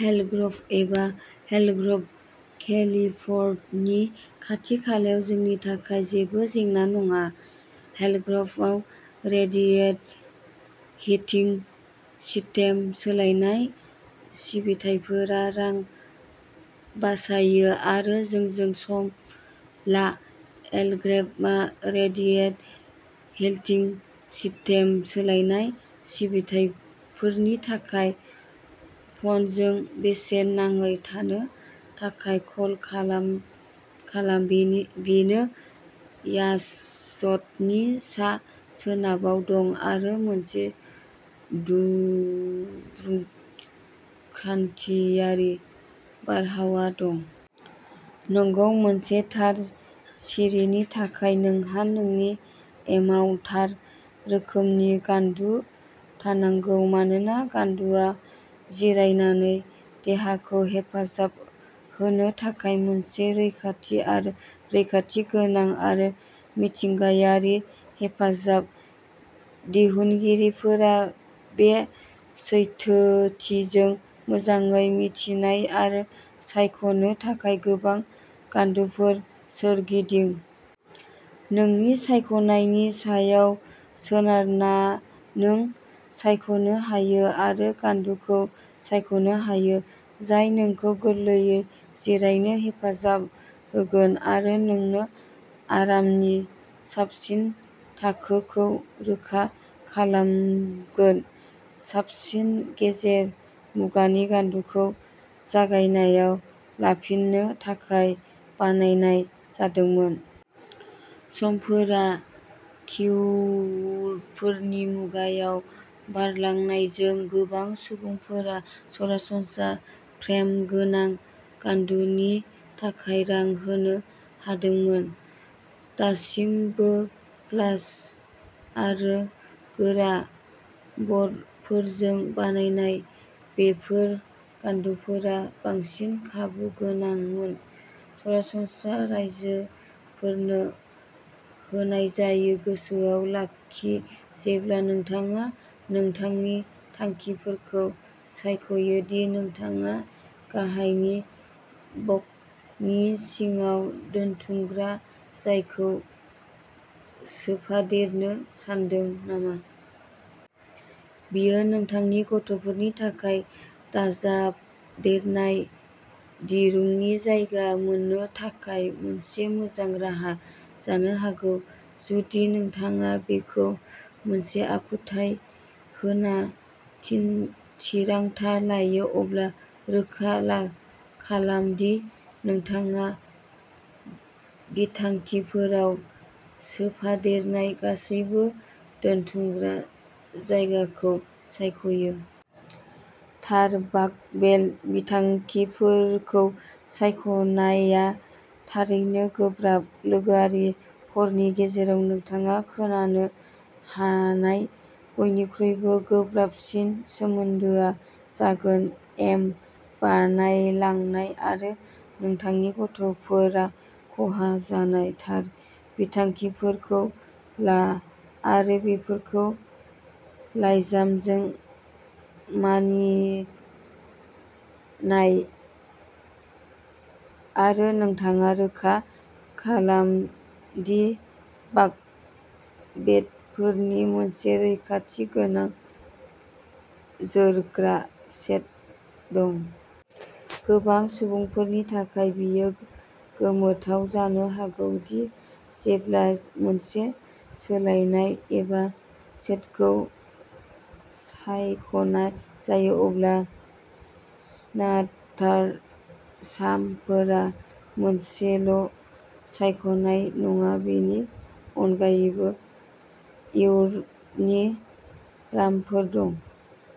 हेल्क ग्र'भ एबा हेल्क ग्र'भ, केलिफर्नट'नि खाथि-खालायाव जोंनि थाखाय जेबो जेंना नङा। हेल ग्र'भआव रेडिएन्ट हिटिं सिटेम सोलायनाय सिबिथाइफोरा रां बासायो आरो जोंजों सम ला एल्क ग्रे'भआव रेडिएन्ट हिटिं सिस्टेम सोलायनाय सिबिथाइफोरनि थाखाय फनजों बेसेन नाङै थानो थाखाय कल खालाम खालाम बेनि बेनो याजदनि सा-सोनाबाव दं, आरो मोनसे दुंब्रुद, क्रान्तियारि बारहावा दं। नंगौ, मोनसे थार सिरिनि थाखाय नोंहा नोंनि एमाव थार रोखोमनि गान्दु थानांगौ मानोना गान्दुआ जिरायनानै देहाखौ हेफाजाब होनो थाखाय मोनसे रैखाथि आरो रैखाथि गोनां आरो मिथिंगायारि हेफाजाब। दिहुनगिरिफोरा बे सैथोथिजों मोजाङै मिथिनाय आरो सायख'नो थाखाय गोबां गान्दुफोर सोरगिदों। नोंनि सायख'नायनि सायाव सोनारना नों सायख'नो हायो आरो गान्दुखौ सायख'नो हायो जाय नोंखौ गोरलैयै जिरायनो हेफाजाब होगोन आरो नोंनो आरामनि साबसिन थाखोखौ रोखा खालामगोन। साबसिन गेजेर मुगानि गान्दुखौ जायगायाव लांफिननो थाखाय बानायनाय जादोंमोन। समफोरा टिउफोरनि मुगायाव बारलांनायजों, गोबां सुबुंफोरा सरासनस्रा फ्रेम गोनां गान्दुनि थाखाय रां होनो हादोंमोन। दासिमबो प्लास आरो गोरा बर्डफोरजों बानायनाय, बेफोर गान्दुफोरा बांसिन खाबुगोनांमोन। सरासनस्रा राइजोफोरनो होनाय जायो। गोसोआव लाखि जेब्ला नोंथाङा नोंथांनि थांखिफोरखौ सायख'यो दि नोंथाङा गाहायनि बकनि सिङाव दोनथुमग्रा जायखौ सोफादेरनो सानदों नामा। बेयो नोंथांनि गथ'फोरनि थाखाय दाजाबदेरनाय दिरुंनि जायगा मोन्नो थाखाय मोनसे मोजां राहा जानो हागौ। जुदि नोंथाङा बेखौ मोनसे आखुथाय होना थिन थिरांथा लायो, अब्ला रोखा ला खालाम दि नोंथाङा बिथांखिफोराव सोफादेरनाय गासैबो दोनथुमग्रा जायगाखौ सायख'यो। थार बांकबेड बिथांखिफोरखौ सायख'नाया थारैनो गोब्राब लोगोआरि। हरनि गेजेराव नोंथाङा खोनानो हानाय बयनिख्रुइबो गोब्राबसिन सोमोन्दोया जागोन एम बानायलांनाय, आरो नोंथांनि गथ'फोरा खहा जानाय। थार बिथांखिफोरखौ ला आरो बेफोरखौ लाइजामजों मानिनाय, आरो नोंथाङा रोखा खालाम दि बाक बेडफोरनि मोनसे रैखाथि गोनां, जोरग्रा सेट दं। गोबां सुबुंफोरनि थाखाय बियो गोमोथाव जानो हागौ दि जेब्ला मोनसे सोलायनाय एबा सेटखौ सायख'नाय जायो अब्ला स्टान्डार्ड शामफोरा मोनसेल' सायख'नाय नङा। बेनि अनगायैबो इउर'पनि रामफोर दं।